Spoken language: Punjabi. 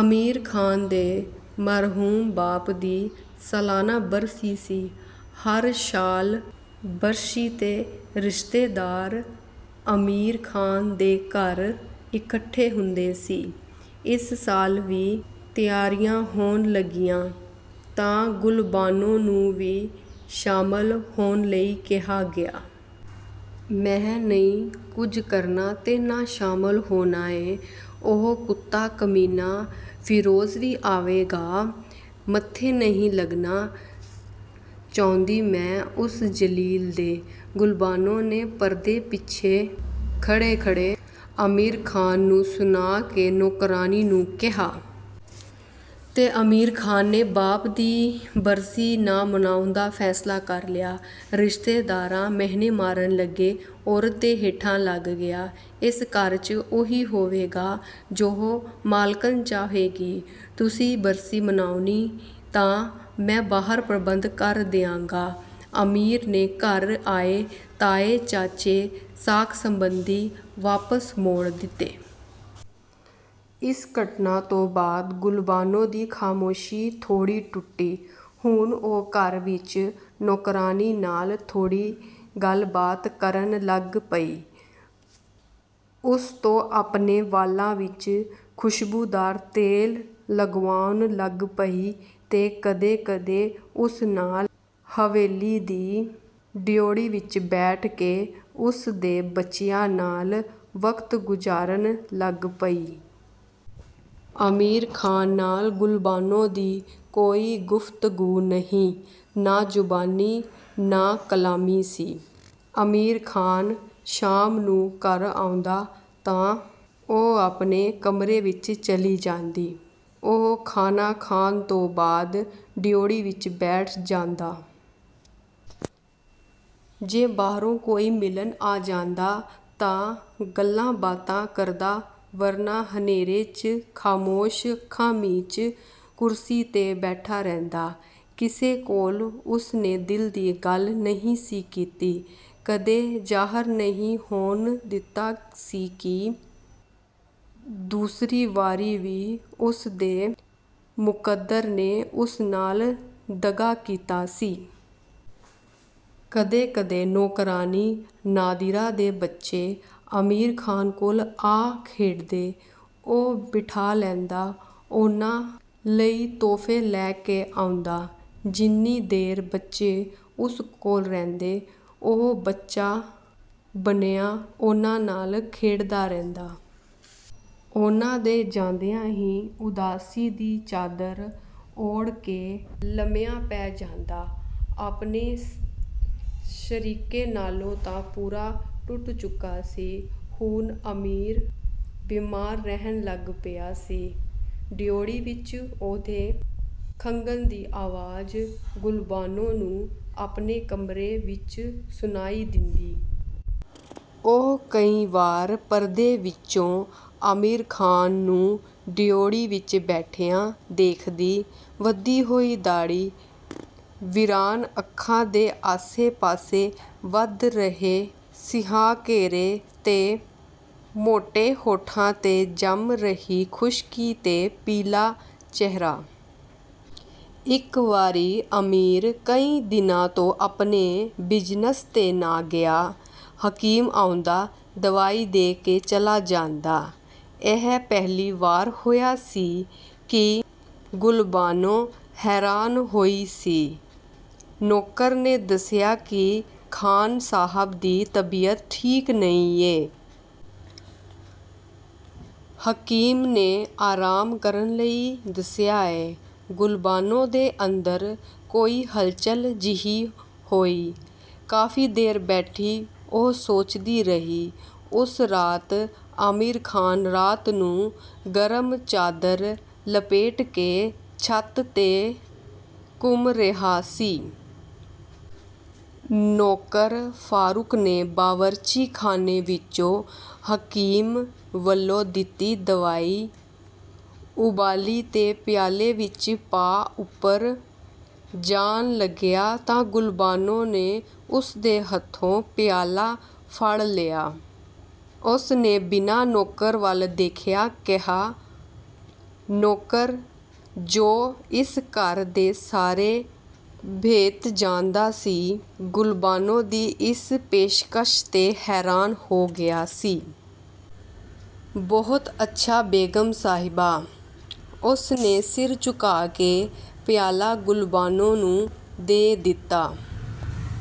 ਅਮੀਰ ਖ਼ਾਨ ਦੇ ਮਰਹੂਮ ਬਾਪ ਦੀ ਸਲਾਨਾ ਬਰਸੀ ਸੀ। ਹਰ ਸ਼ਾਲ ਬਰਸ਼ੀ ਤੇ ਰਿਸ਼ਤੇਦਾਰ ਅਮੀਰ ਖ਼ਾਨ ਦੇ ਘਰ ਇੱਕਠੇ ਹੁੰਦੇ ਸੀ। ਇਸ ਸਾਲ ਵੀ ਤਿਆਰੀਆਂ ਹੋਣ ਲੱਗੀਆਂ, ਤਾਂ ਗੁਲਬਾਨੋ ਨੂੰ ਵੀ ਸ਼ਾਮਲ ਹੋਣ ਲਈ ਕਿਹਾ ਗਿਆ। "ਮਹਿ ਨਹੀ ਕੁਝ ਕਰਨਾ ਤੇ ਨਾਂ ਸ਼ਾਮਲ ਹੋਣਾਂ ਏਂ। ਉਹ ਕੁੱਤਾ-ਕਮੀਨਾਂ ਫਿਰੋਜ਼ ਵੀ ਆਵੇਗਾ। ਮੱਥੇ ਨਹੀ ਲੱਗਣਾ ਚਹੁੰਦੀ ਮੈਂ ਉਸ ਜ਼ਲੀਲ ਦੇ "ਗੁਲਬਾਨੋ ਨੇ ਪਰਦੇ ਪਿੱਛੇ ਖੜ੍ਹੇ ਖੜੇ ਅਮੀਰ ਖ਼ਾਨ ਨੂੰ ਸੁਣਾ ਕੇ ਨੌਕਰਾਣੀ ਨੂੰ ਕਿਹਾ। ਤੇ ਅਮੀਰ ਖ਼ਾਨ ਨੇ ਬਾਪ ਦੀ ਬਰਸੀ ਨਾ ਮਨਾਉਣ ਦਾ ਫੈਸਲਾ ਕਰ ਲਿਆ। ਰਿਸ਼ਤੇਦਾਰਾ ਮੈਹਣੇ ਮਾਰਨ ਲੱਗੇ… "ਔਰਤ ਦੇ ਹੇਠਾਂ ਲੱਗ ਗਿਆ".. "ਇਸ ਘਰ, ਚ' ਉਹੀ ਹੋਵੇਗਾ ਜੋ ਮਾਲਕਣ ਚਾਹੇਗੀ ", ਤੁਸੀ ਬਰਸੀ ਮਨਾਉਣੀ ਤਾਂ ਮੈਂ ਬਾਹਰ ਪ੍ਰਬੰਧ ਕਰ ਦਿਆਗਾਂ, ਅਮੀਰ ਨੇ ਘਰ ਆਏ ਤਾਏ-ਚਾਚੇ ਸਾਕ-ਸਬੰਧੀ ਵਾਪਸ ਮੋੜ ਦਿਤੇ। ਇਸ ਘਟਨਾ ਤੋਂ ਬਾਅਦ ਗੁਲਬਾਨੋ ਦੀ ਖਾਮੋਸ਼ੀ ਥੋੜੀ ਟੁੱਟੀ। ਹੁਣ ਉਹ ਘਰ ਵਿੱਚ ਨੌਕਰਾਣੀ ਨਾਲ ਥੋੜ੍ਹੀ ਗੱਲਬਾਤ ਕਰਨ ਲੱਗ ਪਈ। ਉਸ ਤੋਂ ਆਪਣੇ ਵਾਲਾਂ ਵਿੱਚ ਖ਼ੁਸ਼ਬੂਦਾਰ ਤੇਲ ਲਗਵਾਉਣ ਲੱਗ ਪਈ ਤੇ ਕਦੇ ਕਦੇ ਉਸ ਨਾਲ ਹਵੇਲੀ ਦੀ ਡਿਉਢੀ ਵਿੱਚ ਬੈਠ ਕੇ ਉਸਦੇ ਬੱਚਿਆਂ ਨਾਲ ਵਕਤ ਗੁਜ਼ਾਰਨ ਲੱਗ ਪਈ। ਅਮੀਰ ਖ਼ਾਨ ਨਾਲ ਗੁਲਬਾਨੋ ਦੀ ਕੋਈ ਗੁਫਤਗੂ ਨਹੀਂ, ਨਾ ਜ਼ੁਬਾਨੀ ਨਾ ਕਲਾਮੀ ਸੀ। ਅਮੀਰ ਖਾਨ ਸ਼ਾਮ ਨੂੰ ਘਰ ਆਉਦਾਂ ਤਾਂ, ਉਹ ਆਪਣੇ ਕਮਰੇ ਵਿੱਚ ਚਲੀ ਜਾਂਦੀ। ਉਹ ਖਾਣਾਂ ਖਾਣ ਤੋ ਬਾਅਦ ਡਿਉਢੀ ਵਿੱਚ ਬੈਠ ਜਾਂਦਾ। ਜੇ ਬਾਹਰੋ ਕੋਈ ਮਿਲਣ ਆ ਜਾਂਦਾ ਤਾਂ ਗੱਲਾਂਬਾਤਾ ਕਰਦਾ ਵਰਨਾ ਹਨੇਰੇ, ਚ' ਖਾਮੋਸ਼ ਅੱਖਾਂ ਮੀਚ ਕੁਰਸੀ ਤੇ ਬੈਠਾ ਰਹਿੰਦਾ। ਕਿਸੇ ਕੋਲ ਉਸਨੇ ਦਿਲ ਦੀ ਗੱਲ ਨਹੀ ਸੀ ਕੀਤੀ। ਕਦੇ ਜ਼ਾਹਰ ਨਹੀਂ ਹੋਣ ਦਿਤਾ ਸੀ ਕਿ ਦੂਸਰੀ ਵਾਰੀ ਵੀ ਉਸਦੇ ਮੁਕੱਦਰ ਨੇ ਉਸ ਨਾਲ ਦਗ਼ਾ ਕੀਤਾ ਸੀ। ਕਦੇ ਕਦੇ ਨੌਕਰਾਣੀ ਨਾਦਿਰਾ ਦੇ ਬੱਚੇ ਅਮੀਰ ਖ਼ਾਨ ਕੋਲ ਆ ਖੇਡਦੇ। ਉਹ ਬਿਠਾ ਲੈਂਦਾ, ਉਨ੍ਹਾਂ ਲਈ ਤੋਹਫੇ ਲੈ ਕੇ ਆਉਦਾ। ਜਿੰਨੀ ਦੇਰ ਬੱਚੇ ਉਸ ਕੋਲ ਰਹਿੰਦੇ, ਉਹ ਬੱਚਾ ਬਣਿਆਂ ਉਨ੍ਹਾਂ ਨਾਲ ਖੇਡਦਾ ਰਹਿੰਦਾਂ। ਉਨ੍ਹਾਂ ਦੇ ਜਾਂਦਿਆਂ ਹੀ ਉਦਾਸੀ ਦੀ ਚਾਦਰ ਓੜ ਕੇ ਲੰਮਿਆਂ ਪੈ ਜਾਂਦਾ। ਆਪਣੇ ਸ਼ਰੀਕੇ ਨਾਲੋਂ ਤਾਂ ਪੂਰਾ ਟੁੱਟ ਚੁੱਕਾ ਸੀ। ਹੁਣ ਅਮੀਰ ਬੀਮਾਰ ਰਹਿਣ ਲੱਗ ਪਿਆ ਸੀ। ਡਿਉਢੀ ਵਿਚੋਂ ਉਹਦੇ ਖੰਘਣ ਦੀ ਆਵਾਜ਼ ਗੁਲਬਾਨੋ ਨੂੰ ਆਪਣੇ ਕਮਰੇ ਵਿੱਚ ਸੁਣਾਈ ਦਿੰਦੀ। ਉਹ ਕਈ ਵਾਰ ਪਰਦੇ ਵਿਚੋਂ ਅਮੀਰ ਖ਼ਾਨ ਨੂੰ ਡਿਉਢੀ ਵਿੱਚ ਬੈਠਿਆ ਦੇਖਦੀ। ਵਧੀ ਹੋਈ ਦਾੜੀ, ਵੀਰਾਨ ਅੱਖਾਂ ਦੇ ਆਸੇ ਪਾਸੇ ਵਧ ਰਹੇ ਸਿਆਹ ਘੇਰੇ ਤੇ ਮੋਟੇ ਹੋਂਠਾਂ ਤੇ ਜੰਮ ਰਹੀ ਖੁਸ਼ਕੀ ਤੇ ਪੀਲਾ ਚਿਹਰਾ। ਇਕ ਵਾਰੀ ਅਮੀਰ ਕਈ ਦਿਨਾਂ ਤੋਂ ਆਪਣੇ ਬਿਜ਼ਨਸ ਤੇ ਨਾ ਗਿਆ, ਹਕੀਮ ਆਉਦਾਂ ਦਵਾਈ ਦੇ ਕੇ ਚਲਾ ਜਾਦਾਂ। ਇਹ ਪਹਿਲੀ ਵਾਰ ਹੋਇਆ ਸੀ, ਕਿ ਗੁਲਬਾਨੋ ਹੈਰਾਨ ਹੋਈ ਸੀ। ਨੌਕਰ ਨੇ ਦੱਸਿਆ ਕਿ ਖ਼ਾਨ ਸਾਹਬ ਦੀ ਤਬੀਅਤ ਠੀਕ ਨਹੀਂ ਏਂ। ਹਕੀਮ ਨੇ ਆਰਾਮ ਕਰਨ ਲਈ ਦੱਸਿਆ ਏਂ। ਗੁਲਬਾਨੋ ਦੇ ਅੰਦਰ ਕੋਈ ਹੱਲਚੱਲ ਜਿਹੀ ਹੋਈ, ਕਾਫ਼ੀ ਦੇਰ ਬੈਠੀ ਉਹ ਸੋਚਦੀ ਰਹੀ। ਉਸ ਰਾਤ ਅਮੀਰ ਖ਼ਾਨ ਰਾਤ ਨੂੰ ਗਰਮ ਚਾਦਰ ਲਪੇਟ ਕੇ ਛੱਤ ਤੇ ਘੁੰਮ ਰਿਹਾ ਸੀ। ਨੌਕਰ ਫਾਰੂਕ ਨੇ ਬਾਵਰਚੀ ਖਾਨੇ ਵਿਚੋਂ ਹਕੀਮ ਵੱਲੋਂ ਦਿਤੀ ਦਵਾਈ ਉਬਾਲੀ ਤੇ ਪਿਆਲੇ ਵਿੱਚ ਪਾ ਉਪਰ ਜਾਣ ਲੱਗਿਆ ਤਾਂ ਗੁਲਬਾਨੋ ਨੇ ੳਸਦੇ ਹੱਥੋਂ ਪਿਆਲਾ ਫੜ੍ਹ ਲਿਆ। ਉਸਨੇ ਬਿਨਾਂ ਨੌਕਰ ਵੱਲ ਦੇਖਦਿਆਂ ਕਿਹਾ। ਨੌਕਰ, ਜੋ ਇਸ ਘਰ ਦੇ ਸਾਰੇ ਭੇਤ ਜਾਣਦਾ ਸੀ, ਗੁਲਬਾਨੋ ਦੀ ਇਸ ਪੇਸ਼ਕਸ਼ ਤੇ ਹੈਰਾਨ ਹੋ ਗਿਆ ਸੀ। "ਬਹੁਤ ਅੱਛਾ ਬੇਗ਼ਮ ਸਾਹਿਬਾਂ ".. ਉਸਨੇ ਸਿਰ ਝੁਕਾ ਕੇ ਪਿਆਲਾ ਗੁਲਬਾਨੋ ਨੂੰ ਦੇ ਦਿਤਾ।